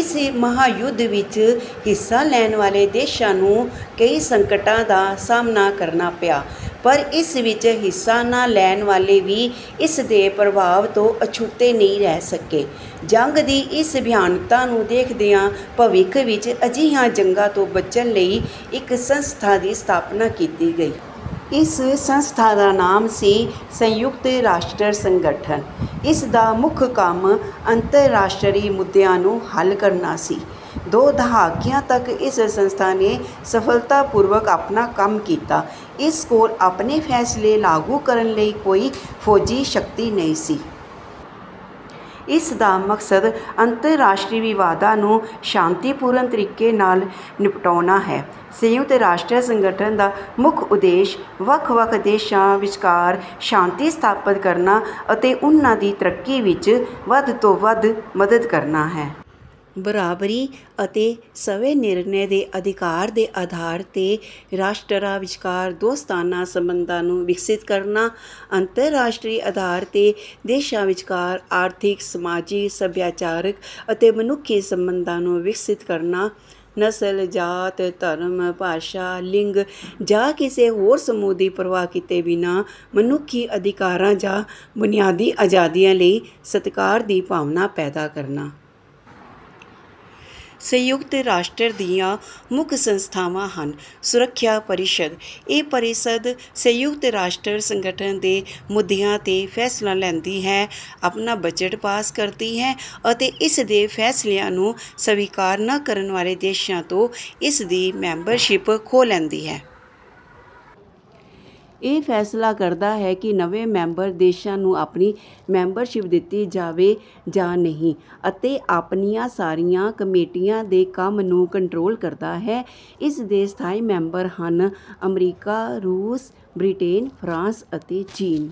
ਇਸ ਮਹਾਯੁੱਧ ਵਿੱਚ ਹਿੱਸਾ ਲੈਣ ਵਾਲੇ ਦੇਸ਼ਾਂ ਨੂੰ ਕਈ ਸੰਕਟਾਂ ਦਾ ਸਾਹਮਣਾ ਕਰਨਾ ਪਿਆ। ਪਰ ਇਸ ਵਿੱਚ ਹਿੱਸਾ ਨਾ ਲੈਣ ਵਾਲੇ ਵੀ ਇਸ ਦੇ ਪ੍ਰਭਾਵ ਤੋਂ ਅਛੂਤੇ ਨਹੀਂ ਰਹਿ ਸਕੇ। ਜੰਗ ਦੀ ਇਸ ਭਿਆਨਕਤਾ ਨੂੰ ਦੇਖਦਿਆਂ ਭਵਿੱਖ ਵਿੱਚ ਅਜਿਹੀਆਂ ਜੰਗਾਂ ਤੋਂ ਬਚਣ ਲਈ ਇੱਕ ਸੰਸਥਾ ਦੀ ਸਥਾਪਨਾ ਕੀਤੀ ਗਈ। ਇਸ ਸੰਸਥਾ ਦਾ ਨਾਮ ਸੀ – ਸੰਯੁਕਤ ਰਾਸ਼ਟਰ ਸੰਗਠਨ। ਇਸ ਦਾ ਮੁੱਖ ਕੰਮ ਅੰਤਰਰਾਸ਼ਟਰੀ ਮੁੱਦਿਆਂ ਨੂੰ ਹੱਲ ਕਰਨਾ ਸੀ। ਦੋ ਦਹਾਕਿਆਂ ਤੱਕ ਇਸ ਸੰਸਥਾ ਨੇ ਸਫਲਤਾਪੂਰਵਕ ਆਪਣਾ ਕੰਮ ਕੀਤਾ। ਇਸ ਕੋਲ ਆਪਣੇ ਫੈਸਲੇ ਲਾਗੂ ਕਰਨ ਲਈ ਕੋਈ ਫੌਜੀ ਸ਼ਕਤੀ ਨਹੀਂ ਸੀ। ਇਸ ਦਾ ਮਕਸਦ ਅੰਤਰਰਾਸ਼ਟਰੀ ਵਿਵਾਦਾਂ ਨੂੰ ਸ਼ਾਂਤੀਪੂਰਨ ਤਰੀਕੇ ਨਾਲ ਨਿਪਟਾਉਣਾ ਹੈ। ਸੰਯੁਕਤ ਰਾਸ਼ਟਰ ਸੰਗਠਨ ਦਾ ਮੁੱਖ ਉਦੇਸ਼ ਵੱਖ-ਵੱਖ ਦੇਸ਼ਾਂ ਵਿਚਕਾਰ ਸ਼ਾਂਤੀ ਸਥਾਪਿਤ ਕਰਨਾ ਅਤੇ ਉਨ੍ਹਾਂ ਦੀ ਤਰੱਕੀ ਵਿਚ ਵੱਧ ਤੋਂ ਵੱਧ ਮਦਦ ਕਰਨਾ ਹੈ। ਬਰਾਬਰੀ ਅਤੇ ਸਵੈ-ਨਿਰਣੇ ਦੇ ਅਧਿਕਾਰ ਦੇ ਆਧਾਰ 'ਤੇ ਰਾਸ਼ਟਰਾਂ ਵਿਚਕਾਰ ਦੋਸਤਾਨਾ ਸਬੰਧਾਂ ਨੂੰ ਵਿਕਸਿਤ ਕਰਨਾ। ਅੰਤਰਰਾਸ਼ਟਰੀ ਆਧਾਰ 'ਤੇ ਦੇਸ਼ਾਂ ਵਿਚਕਾਰ ਆਰਥਿਕ, ਸਮਾਜਿਕ, ਸੱਭਿਆਚਾਰਕ ਅਤੇ ਮਨੁੱਖੀ ਸਬੰਧਾਂ ਨੂੰ ਵਿਕਸਿਤ ਕਰਨਾ। ਨਸਲ, ਜਾਤ, ਧਰਮ, ਭਾਸ਼ਾ, ਲਿੰਗ ਜਾਂ ਕਿਸੇ ਹੋਰ ਸਮੂਹ ਦੀ ਪਰਵਾਹ ਕੀਤੇ ਬਿਨਾਂ ਮਨੁੱਖੀ ਅਧਿਕਾਰਾਂ ਜਾਂ ਬੁਨਿਆਦੀ ਆਜ਼ਾਦੀਆਂ ਲਈ ਸਤਿਕਾਰ ਦੀ ਭਾਵਨਾ ਪੈਦਾ ਕਰਨਾ। ਸੰਯੁਕਤ ਰਾਸ਼ਟਰ ਦੀਆਂ ਮੁੱਖ ਸੰਸਥਾਵਾਂ ਹਨ- ਸੁਰੱਖਿਆ ਪਰਿਸ਼ਦ– ਇਹ ਪਰਿਸ਼ਦ ਸੰਯੁਕਤ ਰਾਸ਼ਟਰ ਸੰਗਠਨ ਦੇ ਮੁੱਦਿਆਂ 'ਤੇ ਫੈਸਲਾ ਲੈਂਦੀ ਹੈ, ਆਪਣਾ ਬਜਟ ਪਾਸ ਕਰਦੀ ਹੈ ਅਤੇ ਇਸ ਦੇ ਫੈਸਲਿਆਂ ਨੂੰ ਸਵੀਕਾਰ ਨਾ ਕਰਨ ਵਾਲੇ ਦੇਸ਼ਾਂ ਤੋਂ ਇਸ ਦੀ ਮੈਂਬਰਸ਼ਿਪ ਖੋਹ ਲੈਂਦੀ ਹੈ। ਇਹ ਫੈਸਲਾ ਕਰਦਾ ਹੈ ਕਿ ਨਵੇਂ ਮੈਂਬਰ ਦੇਸ਼ਾਂ ਨੂੰ ਆਪਣੀ ਮੈਂਬਰਸ਼ਿਪ ਦਿੱਤੀ ਜਾਵੇ ਜਾਂ ਨਹੀਂ। ਅਤੇ ਆਪਣੀਆਂ ਸਾਰੀਆਂ ਕਮੇਟੀਆਂ ਦੇ ਕੰਮ ਨੂੰ ਕੰਟਰੋਲ ਕਰਦਾ ਹੈ। ਇਸ ਦੇ ਸਥਾਈ ਮੈਂਬਰ ਹਨ – ਅਮਰੀਕਾ, ਰੂਸ, ਬ੍ਰਿਟੇਨ, ਫਰਾਂਸ ਅਤੇ ਚੀਨ।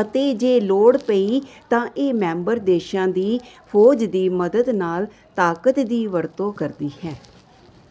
ਅਤੇ ਜੇ ਲੋੜ ਪਈ ਤਾਂ ਇਹ ਮੈਂਬਰ ਦੇਸ਼ਾਂ ਦੀ ਫੌਜ ਦੀ ਮਦਦ ਨਾਲ ਤਾਕਤ ਦੀ ਵਰਤੋਂ ਕਰਦੀ ਹੈ।